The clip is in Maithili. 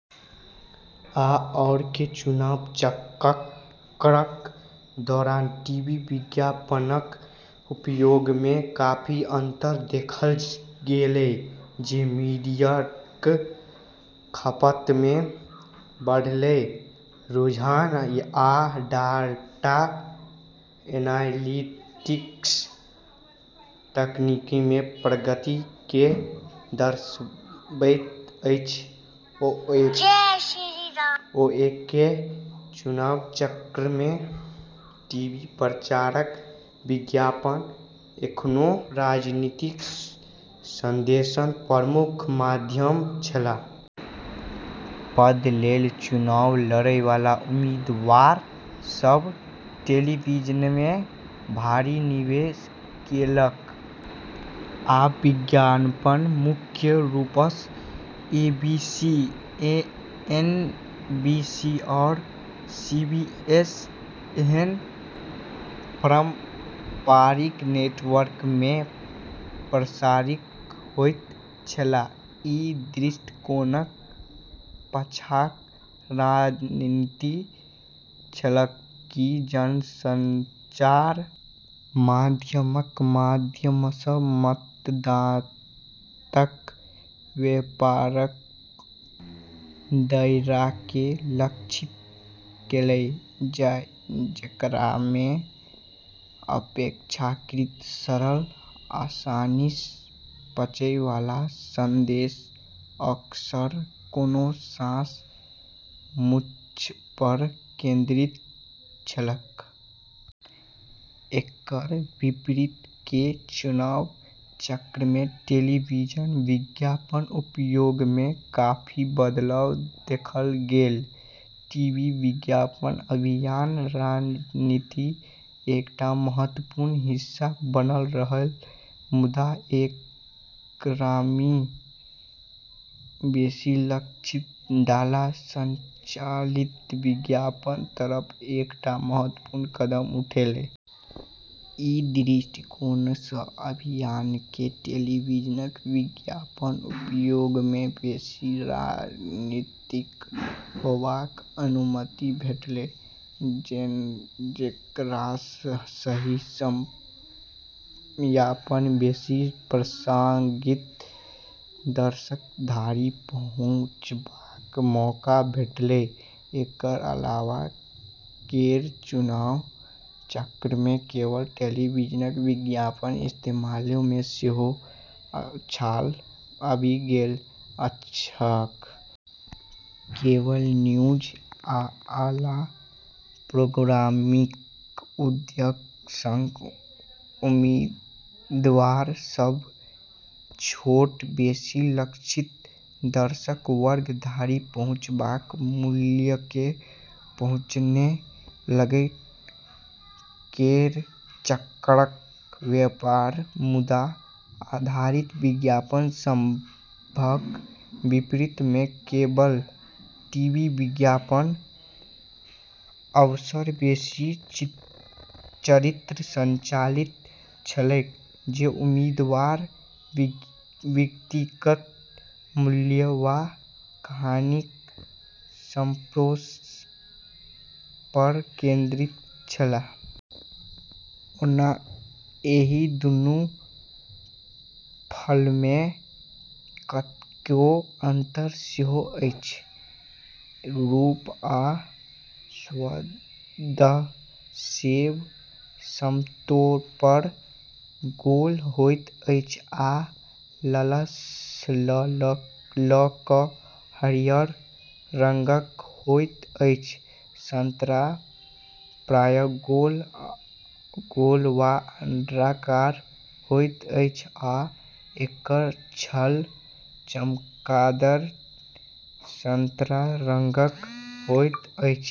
आओरके चुनाव चक्रक दौरान टीवी विज्ञापनक उपयोगमे काफी अंतर देखल गेलै, जे मीडियाक खपतमे बदलैत रुझान आ डाटा एनालिटिक्स तकनीकमे प्रगति केँ दर्शाबैत अछि। आओरके चुनावी चक्रमे टीवी प्रचारक विज्ञापन एखनो राजनीतिक संदेशक प्रमुख माध्यम छल। पद लेल चुनाव लड़ै वाला उम्मीदवार सभ टेलीविजनमे भारी निवेश केलक, आ विज्ञापन मुख्य रूपसँ एबीसी, एनबीसी, आ सीबीएस एहन पारंपरिक नेटवर्कमे प्रसारित होइत छलैक। ई दृष्टिकोणक पाछाँक रणनीति छलैक कि जनसंचार माध्यमक माध्यमसँ मतदाताक व्यापक दायराकेँ लक्षित कएल जाय, जेकरामे अपेक्षाकृत सरल, आसानीसँ पचै वाला संदेश अक्सर कोनो खास मुद्दापर केंद्रित छलैक। एकर विपरीत केर चुनावी चक्रमे टेलीविजन विज्ञापनक उपयोगमे काफी बदलाव देखल गेलै। टीवी विज्ञापन अभियान रणनीतिक एकटा महत्वपूर्ण हिस्सा बनल रहलै, मुदा एकरामे बेसी लक्षित, डाटा संचालित विज्ञापनक तरफ एकटा महत्वपूर्ण कदम उठलै। ई दृष्टिकोणसँ अभियानकेँ टेलीविजन विज्ञापनक उपयोगमे बेसी रणनीतिक होबाक अनुमति भेटलै, जेकरासँ सही समयपर बेसी प्रासंगिक दर्शक धरि पहुँचबाक मौका भेटलै। एकर अलावा केर चुनावी चक्रमे केबल टेलीविजन विज्ञापनक इस्तेमालमे सेहो उछाल आबि गेल छलैक। केबल न्यूज आ आला प्रोग्रामिंगक उदयक संग उम्मीदवार सभ छोट, बेसी लक्षित दर्शक वर्ग धरि पहुँचबाक मूल्यकेँ पहचानै लगलै। केर चक्रक व्यापक, मुद्दा आधारित विज्ञापन सभक विपरीत, मे केबल टीवी विज्ञापन अक्सर बेसी चरित्र-संचालित छलैक, जे उम्मीदवारक व्यक्तिगत मूल्य वा कहानीक संप्रेषणपर केंद्रित छलैक। ओना एहि दूनू फलमे कतेको अंतर सेहो अछि। रूप आ स्वाद: सेब आमतौरपर गोल होइत अछि आ लालसँ लऽ कऽ हरियर रंगक होइत अछि। संतरा प्रायः गोल वा अंडाकार होइत अछि आ एकर छाल चमकदार संतरा रंगक होइत अछि।